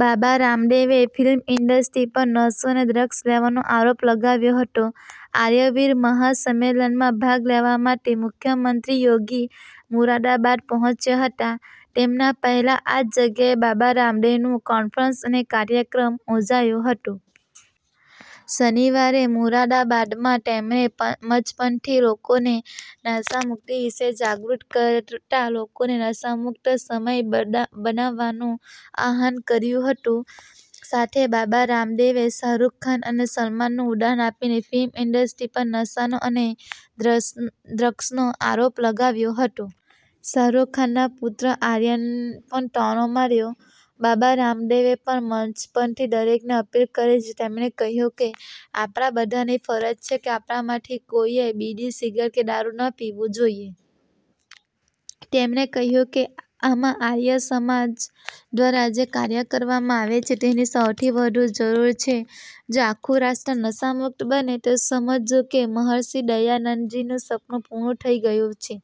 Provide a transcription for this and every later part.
બાબા રામદેવે film industry પર નશો અને ડ્રગ્સ લેવાનો આરોપ લગાવ્યો હતો. આર્ય વીર મહા સંમેલનમાં ભાગ લેવા માટે મુખ્યમંત્રી યોગી મુરાદાબાદ પહોંચ્યા હતા. તેમના પહેલા આ જ જગ્યાએ બાબા રામદેવનું કોન્ફરન્સ અને કાર્યક્રમ યોજાયો હતો. શનિવારે મુરાદાબાદમાં તેમણે મંચ પરથી લોકોને નશા મુક્તિ વિશે જાગૃત કરતા લોકોને નશા મુક્ત સમય બનાવવાનું આહ્વાન કર્યું હતું. સાથે બાબા રામદેવે શાહરૂખ ખાન અને સલમાનનું ઉદાહરણ આપીને ફિલ્મ ઈન્ડસ્ટ્રી પર નશાનો અને ડ્રગ્સનો આરોપ લગાવ્યો હતો. શાહરૂખ ખાનના પુત્ર આર્યન પર ટોણો માર્યો. બાબા રામદેવે પણ મંચ પરથી દરેકને અપીલ કરી છે. તેમણે કહ્યું કે આપણા બધાની ફરજ છે કે આપણામાંથી કોઈએ બીડી, સિગારેટ કે દારૂ ન પીવો જોઈએ. તેમણે કહ્યું કે આમાં આર્ય સમાજ દ્વારા જે કાર્ય કરવામાં આવે છે તેની સૌથી વધુ જરૂર છે. જો આખું રાષ્ટ્ર નશામુક્ત બને તો સમજવું કે મહર્ષિ દયાનંદજીનું સપનું પૂરું થઈ ગયું છે,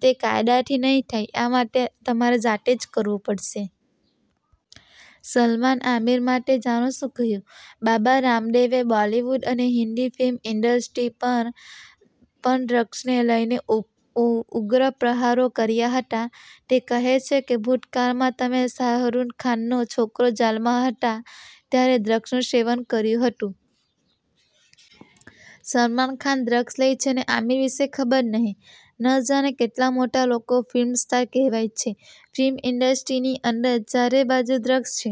તે કાયદાથી નહીં થાય, આ માટે તમારે જાતે જ કરવું પડશે. સલમાન-આમિર માટે જાણો શું કહ્યું? બાબા રામદેવે બોલિવૂડ અને હિન્દી ફિલ્મ ઈન્ડસ્ટ્રી પર પણ ડ્રગ્સને લઈને ઉગ્ર પ્રહારો કર્યા હતા. તે કહે છે કે ભૂતકાળમાં તમે શાહરૂખ ખાનનો છોકરો જેલમાં હતા ત્યારે ડ્રગ્સનું સેવન કર્યું હતું. સલમાન ખાન ડ્રગ્સ લે છે અને આમિર વિષે ખબર નહી. ન જાણે કેટલા મોટા લોકો ફિલ્મ સ્ટાર કહેવાય છે. ફિલ્મ ઈન્ડસ્ટ્રીની અંદર ચારેબાજુ ડ્રગ્સ છે.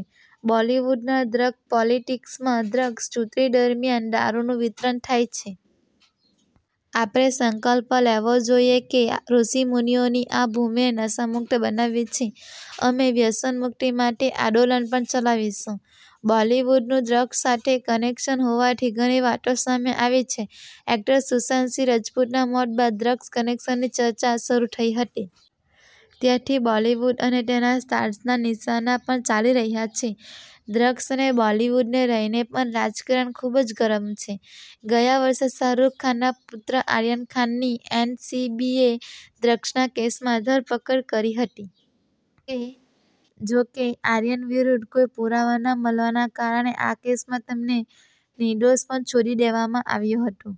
બોલિવૂડના ડ્રગ પોલિટિક્સમાં ડ્રગ્સ, ચૂંટણી દરમિયાન દારૂનું વિતરણ થાય છે. આપણે સંકલ્પ લેવો જોઈએ કે ઋષિમુનિઓની આ ભૂમિને નશામુક્ત બનાવવી છે. અમે વ્યસનમુક્તિ માટે આંદોલન પણ ચલાવીશું. બોલિવૂડનું ડ્રગ્સ સાથે કનેક્શન હોવાની ઘણી વાતો સામે આવી છે. એક્ટર સુશાંત સિંહ રાજપૂતના મોત બાદ ડ્રગ કનેક્શનની ચર્ચા શરૂ થઈ હતી. ત્યારથી બોલીવુડ અને તેના સ્ટાર્સ ના નિશાના પર ચાલી રહ્યા છે. ડ્રગ્સ અને બોલિવૂડને લઈને પણ રાજકારણ ખૂબ જ ગરમ છે. ગયા વર્ષે શાહરૂખ ખાનના પુત્ર આર્યન ખાનની એન સીબીએ ડ્રગ્સના કેસમાં ધરપકડ કરી હતી. જોકે, આર્યન વિરુદ્ધ કોઈ પુરાવા ન મળવાના કારણે આ કેસમાં તેને નિર્દોષ પણ છોડી દેવામાં આવ્યો હતો.